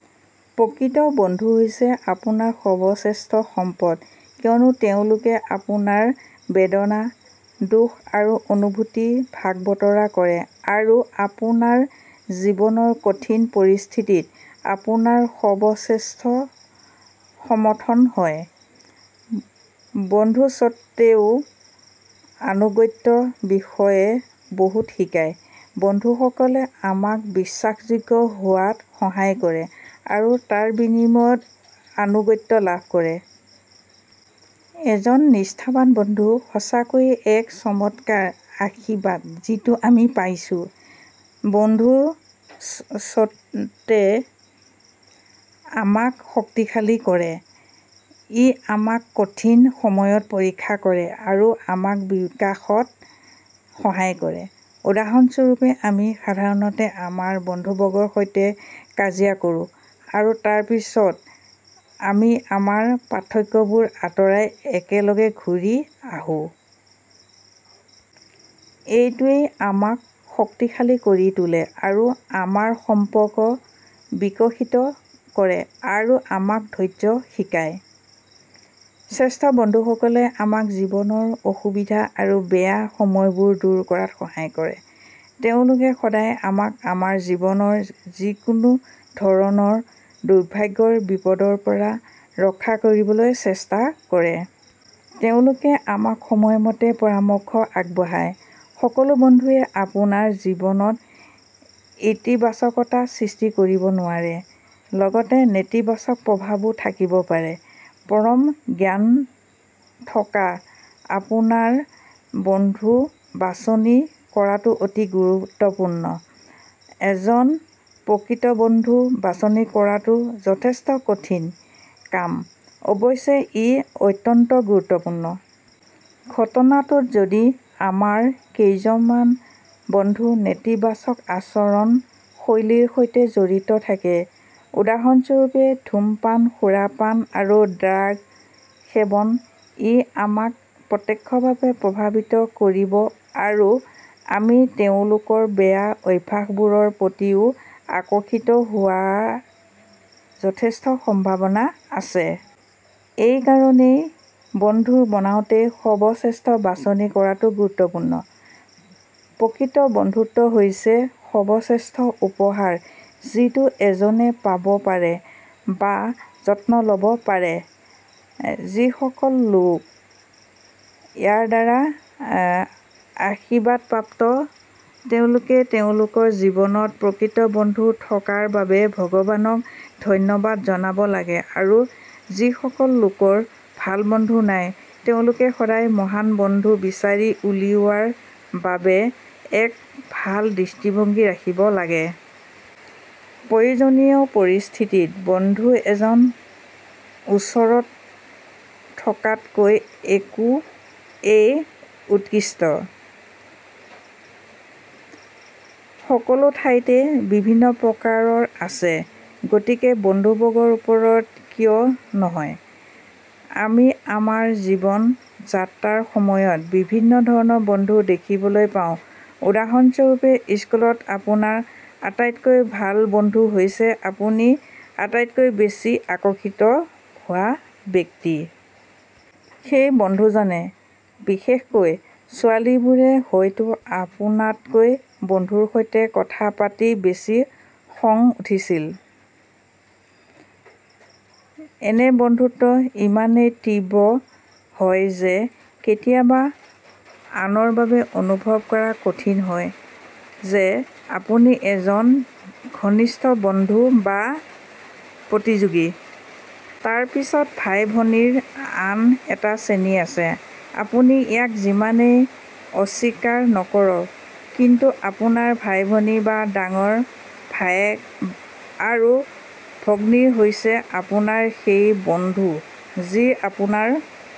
প্ৰকৃত বন্ধুহৈছে আপোনাৰ সৰ্বশ্ৰেষ্ঠ সম্পদ কিয়নো তেওঁলোকে আপোনাৰ বেদনা, দুখ আৰু অনুভূতি ভাগ বতৰা কৰে আৰু আপোনাৰ জীৱনৰ কঠিন পৰিস্থিতিত আপোনাৰ সৰ্বশ্ৰেষ্ঠ সমৰ্থন হয়। বন্ধুত্বেও আনুগত্যৰ বিষয়ে বহুত শিকায়। বন্ধুসকলে আমাক বিশ্বাসযোগ্য হোৱাত সহায় কৰে আৰু তাৰ বিনিময়ত আনুগত্য লাভ কৰে। এজন নিষ্ঠাৱান বন্ধু সঁচাকৈয়ে এক চমৎকাৰ আশীৰ্বাদ যিটো আমি পাইছো। বন্ধুত্বে আমাক শক্তিশালী কৰে। ই আমাক কঠিন সময়ত পৰীক্ষা কৰে আৰু আমাক বিকাশত সহায় কৰে। উদাহৰণ স্বৰূপে, আমি সাধাৰণতে আমাৰ বন্ধুবৰ্গৰ সৈতে কাজিয়া কৰোঁ, আৰু তাৰ পিছত, আমি আমাৰ পাৰ্থক্যবোৰ আঁতৰাই একেলগে ঘূৰি আহো। এইটোৱেই আমাক শক্তিশালী কৰি তোলে আৰু আমাৰ সম্পৰ্ক বিকশিত কৰে আৰু আমাক ধৈৰ্য্য শিকায়। শ্ৰেষ্ঠ বন্ধুসকলে আমাক জীৱনৰ অসুবিধা আৰু বেয়া সময়বোৰ দূৰ কৰাত সহায় কৰে। তেওঁলোকে সদায় আমাক আমাৰ জীৱনৰ যিকোনো ধৰণৰ দুৰ্ভাগ্যৰ বিপদৰ পৰা ৰক্ষা কৰিবলৈ চেষ্টা কৰে। তেওঁলোকে আমাক সময়মতে পৰামৰ্শ আগবঢ়ায়। সকলো বন্ধুৱে আপোনাৰ জীৱনত ইতিবাচকতা সৃষ্টি কৰিব নোৱাৰে। লগতে নেতিবাচক প্ৰভাৱো থাকিব পাৰে। পৰম জ্ঞানথকা আপোনাৰ বন্ধুবাছনি কৰাটো অতি গুৰুত্বপূৰ্ণ। এজন প্ৰকৃত বন্ধু বাছনি কৰাটো যথেষ্ট কঠিন কাম অৱশ্যে ই অত্যন্ত গুৰুত্বপূৰ্ণ। ঘটনাটোত, যদি আমাৰ কেইজনমান বন্ধুনেতিবাচক আচৰণ শৈলীৰ সৈতে জড়িত থাকে, উদাহৰণ স্বৰূপে, ধূমপান, সুৰাপান আৰু ড্ৰাগ সেৱন, ই আমাক প্ৰত্যক্ষভাৱে প্ৰভাৱিত কৰিব আৰু আমি তেওঁলোকৰ বেয়া অভ্যাসবোৰৰ প্ৰতিও আকৰ্ষিত হোৱাৰ যথেষ্ট সম্ভাৱনা আছে। এইকাৰণেই বন্ধু বনাওঁতে সৰ্বশ্ৰেষ্ঠ বাছনি কৰাটো গুৰুত্বপূৰ্ণ। প্ৰকৃত বন্ধুত্ব হৈছে সৰ্বশ্ৰেষ্ঠ উপহাৰ যিটো এজনে পাব পাৰে বা যত্ন ল'ব পাৰে। যিসকল লোক ইয়াৰ দ্বাৰা আশীৰ্বাদপ্ৰাপ্ত তেওঁলোকে তেওঁলোকৰ জীৱনত প্ৰকৃত বন্ধু থকাৰ বাবে ভগৱানক ধন্যবাদ জনাব লাগে আৰু যিসকল লোকৰ ভাল বন্ধু নাই তেওঁলোকে সদায়ে মহান বন্ধু বিচাৰি উলিওৱাৰ বাবে এক ভাল দৃষ্টিভংগী ৰাখিব লাগে। প্ৰয়োজনীয় পৰিস্থিতিত বন্ধু এজন ওচৰত থকাতকৈ একো ৱেই উৎকৃষ্ট। সকলোঠাইতে বিভিন্ন প্ৰকাৰ আছে, গতিকে বন্ধুবৰ্গৰ ওপৰত কিয় নহয়। আমি আমাৰ জীৱন যাত্ৰাৰ সময়ত বিভিন্ন ধৰণৰ বন্ধু দেখিবলৈ পাওঁ। উদাহৰণ স্বৰূপে, স্কুলত আপোনাৰ আটাইতকৈ ভাল বন্ধু হৈছে আপুনি আটাইতকৈ বেছি আকৰ্ষিত হোৱা ব্যক্তি। সেই বন্ধুজনে, বিশেষকৈ ছোৱালীবোৰে, হয়তো আপোনাতকৈ বন্ধুৰ সৈতে কথা পাতি বেছি খং উঠিছিল। এনে বন্ধুত্ব ইমানেই তীব্ৰ হয় যে কেতিয়াবা আনৰ বাবে অনুভৱ কৰা কঠিন হয় যে আপুনি এজন ঘনিষ্ঠ বন্ধু বা প্ৰতিযোগী। তাৰ পিছত ভাই-ভনীৰ আন এটা শ্ৰেণী আছে। আপুনি ইয়াক যিমানেই অস্বীকাৰ নকৰক, কিন্তু আপোনাৰ ভাই-ভনী বা ডাঙৰ ভায়েক আৰু ভগ্নী হৈছে আপোনাৰ সেই বন্ধু যি আপোনাৰ